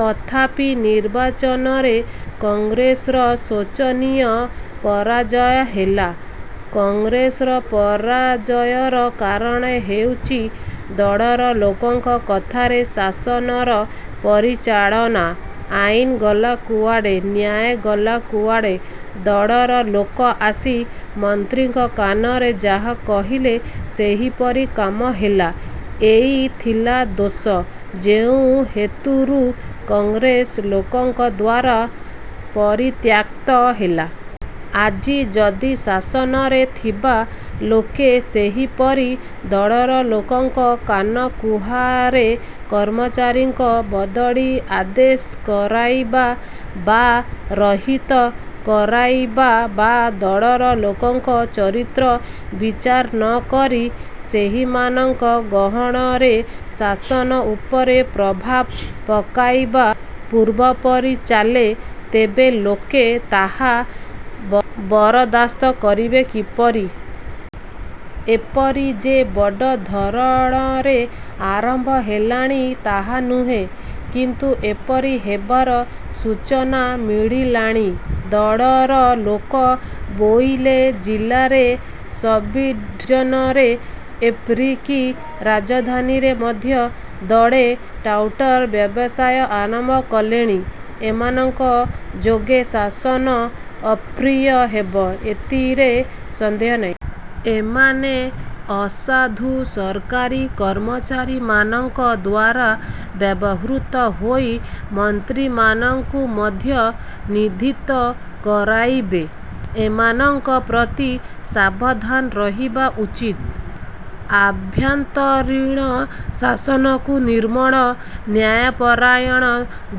ତଥାପି ନିର୍ବାଚନରେ କଂଗ୍ରେସର ଶୋଚନୀୟ ପରାଜୟ ହେଲା। କଂଗ୍ରେସର ପରାଜୟର କାରଣ ହେଉଚି, ଦଳର ଲୋକଙ୍କ କଥାରେ ଶାସନର ପରିଚାଳନା। ଆଇନ ଗଲା କୁଆଡ଼େ, ନ୍ୟାୟ ଗଲା କୁଆଡ଼େ, ଦଳର ଲୋକ ଆସି ମନ୍ତ୍ରୀଙ୍କ କାନରେ ଯାହା କହିଲେ, ସେହିପରି କାମ ହେଲା। ଏଇ ଥିଲା ଦୋଷ, ଯେଉଁ ହେତୁରୁ କଂଗ୍ରେସ ଲୋକଙ୍କଦ୍ୱାରା ପରିତ୍ୟକ୍ତ ହେଲା। ଆଜି ଯଦି ଶାସନରେ ଥିବା ଲୋକେ ସେହିପରି ଦଳର ଲୋକଙ୍କ କାନକୁହାରେ କର୍ମଚାରୀଙ୍କ ବଦଳି ଆଦେଶ କରାଇବା ବା ରହିତ କରାଇବା ବା ଦଳର ଲୋକଙ୍କ ଚରିତ୍ର ବିଚାର ନକରି ସେହିମାନଙ୍କ ଗହଣରେ ଶାସନ ଉପରେ ପ୍ରଭାବ ପକାଇବା ପୂର୍ବପରି ଚାଲେ, ତେବେ ଲୋକେ ତାହା ବରଦାସ୍ତ କରିବେ କିପରି? ଏପରି ଯେ ବଡ଼ ଧରଣରେ ଆରମ୍ଭ ହେଲାଣି ତାହା ନୁହେଁ; କିନ୍ତୁ ଏପରି ହେବାର ସୂଚନା ମିଳିଲାଣି। ଦଳର ଲୋକ ବୋଇଲେ ଜିଲାରେ ସବ୍ଡ଼ିଭିଜନରେ ଏପରିକି ରାଜଧାନୀରେ ମଧ୍ୟ ଦଳେ ଟାଉଟର ବ୍ୟବସାୟ ଆରମ୍ଭ କଲେଣି। ଏମାନଙ୍କ ଯୋଗେ ଶାସନ ଅପ୍ରିୟ ହେବ, ଏତିରେ ସନ୍ଦେହ ନାହିଁ। ଏମାନେ ଅସାଧୁ ସରକାରୀ କର୍ମଚାରୀମାନଙ୍କ ଦ୍ୱାରା ବ୍ୟବହୃତ ହୋଇ ମନ୍ତ୍ରୀମାନଙ୍କୁ ମଧ୍ୟ ନିନ୍ଦିତ କରାଇବେ। ଏମାନଙ୍କ ପ୍ରତି ସାବଧାନ ରହିବା ଉଚିତ। ଆଭ୍ୟନ୍ତରୀଣ ଶାସନକୁ ନିର୍ମଳ ନ୍ୟାୟପରାୟଣ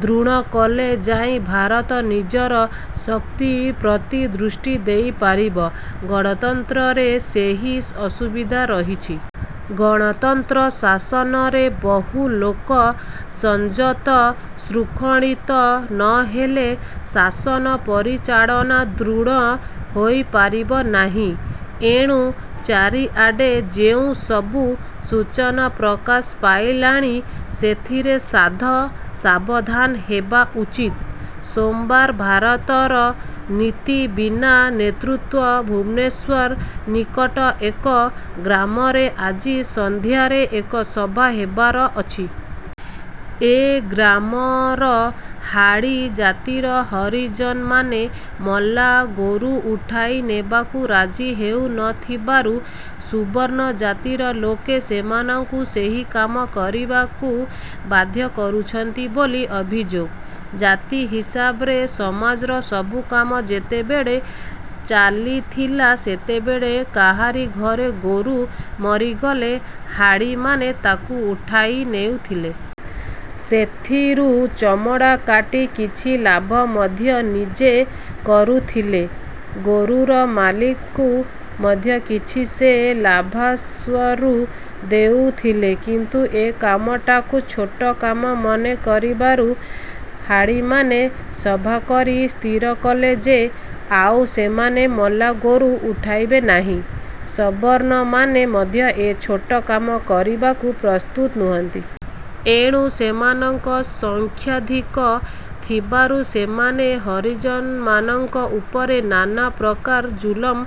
ଦୃଢ଼ କଲେ ଯାଇ ଭାରତ ନିଜର ଶକ୍ତି ପ୍ରତି ଦୃଷ୍ଟି ଦେଇପାରିବ। ଗଣତନ୍ତ୍ରରେ ସେହି ଅସୁବିଧା ରହିଛି। ଗଣତନ୍ତ୍ର ଶାସନରେ ବହୁ ଲୋକ ସଂଯତ ଶୃଙ୍ଖଳିତ ନ ହେଲେ ଶାସନ ପରିଚାଳନା ଦୃଢ଼ ହୋଇପାରିବ ନାହିଁ। ଏଣୁ ଚାରିଆଡ଼େ ଯେଉଁ ସବୁ ସୂଚନା ପ୍ରକାଶ ପାଇଲାଣି, ସେଥିରେ ସାଧ ସାବଧାନ ହେବା ଉଚିତ। ସୋମବାର ଭାରତର ନୀତି ବିନା ନେତୃତ୍ୱ ଭୁବନେଶ୍ୱର ନିକଟ ଏକ ଗ୍ରାମରେ ଆଜି ସନ୍ଧ୍ୟାରେ ଏକ ସଭା ହେବାର ଅଛି। ଏ ଗ୍ରାମର ହାଡ଼ି ଜାତିର ହରିଜନମାନେ ମଲା ଗୋରୁ ଉଠାଇ ନେବାକୁ ରାଜି ହେଉ ନ ଥିବାରୁ ସୁବର୍ଣ୍ଣ ଜାତିର ଲୋକେ ସେମାନଙ୍କୁ ସେହି କାମ କରିବାକୁ ବାଧ୍ୟ କରୁଛନ୍ତି ବୋଲି ଅଭିଯୋଗ। ଜାତି ହିସାବରେ ସମାଜର ସବୁ କାମ ଯେତେବେଳେ ଚାଲିଥିଲା, ସେତେବେଳେ କାହାରି ଘରେ ଗୋରୁ ମରିଗଲେ, ହାଡ଼ିମାନେ ତାକୁ ଉଠାଇ ନେଉଥିଲେ। ସେଥିରୁ ଚମଡ଼ା କାଟି କିଛି ଲାଭ ମଧ୍ୟ ନିଜେ କରୁଥିଲେ। ଗୋରୁର ମାଲିକଙ୍କୁ ମଧ୍ୟ କିଛି ସେ ଲାଭାଂଶରୁ ଦେଉଥିଲେ; କିନ୍ତୁ ଏ କାମଟାକୁ ଛୋଟ କାମ ମନେ କରିବାରୁ ହାଡ଼ିମାନେ ସଭାକରି ସ୍ଥିରକଲେ ଯେ ଆଉ ସେମାନେ ମଲା ଗୋରୁ ଉଠାଇବେ ନାହିଁ। ସବର୍ଣ୍ଣମାନେ ମଧ୍ୟ ଏ ଛୋଟ କାମ କରିବାକୁ ପ୍ରସ୍ତୁତ ନୁହନ୍ତି। ଏଣୁ ସେମାନଙ୍କ ସଂଖ୍ୟାଧିକ ଥିବାରୁ ସେମାନେ ହରିଜନମାନଙ୍କ ଉପରେ ନାନା ପ୍ରକାର ଜୁଲମ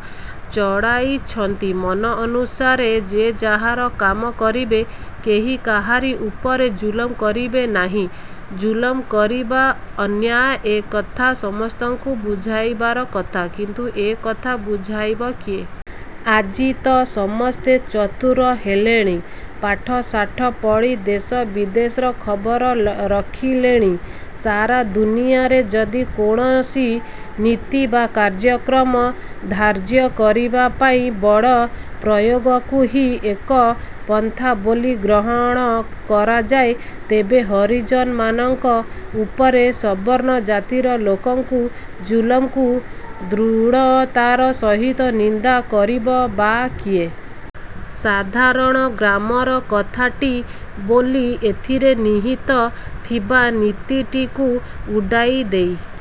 ଚଳାଇଛନ୍ତି। ମନ ଅନୁସାରେ ଯେ ଯାହାର କାମ କରିବେ, କେହି କାହାରି ଉପରେ ଜୁଲମ କରିବେ ନାହିଁ, ଜୁଲମ କରିବା ଅନ୍ୟାୟ ଏ କଥା ସମସ୍ତଙ୍କୁ ବୁଝାଇବାର କଥା, କିନ୍ତୁ ଏ କଥା ବୁଝାଇବ କିଏ? ଆଜି ତ ସମସ୍ତେ ଚତୁର ହେଲେଣି, ପାଠଶାଠ ପଢ଼ି ଦେଶ ବିଦେଶର ଖବର ରଖିଲେଣି। ସାରା ଦୁନିଆରେ ଯଦି କୌଣସି ନୀତି ବା କାର୍ଯ୍ୟକ୍ରମ ଧାର୍ଯ୍ୟ କରିବାପାଇଁ ବଳ ପ୍ରୟୋଗକୁ ହିଁ ଏକ ପନ୍ଥା ବୋଲି ଗ୍ରହଣ କରାଯାଏ, ତେବେ ହରିଜନମାନଙ୍କ ଉପରେ ସବର୍ଣ୍ଣ ଜାତିର ଲୋକଙ୍କ ଜୁଲମକୁ ଦୃଢ଼ତାର ସହିତ ନିନ୍ଦା କରିବ ବା କିଏ? ସାଧାରଣ ଗ୍ରାମର କଥାଟି ବୋଲି ଏଥିରେ ନିହିତ ଥିବା ନୀତିଟିକୁ ଉଡ଼ାଇ ଦେଇ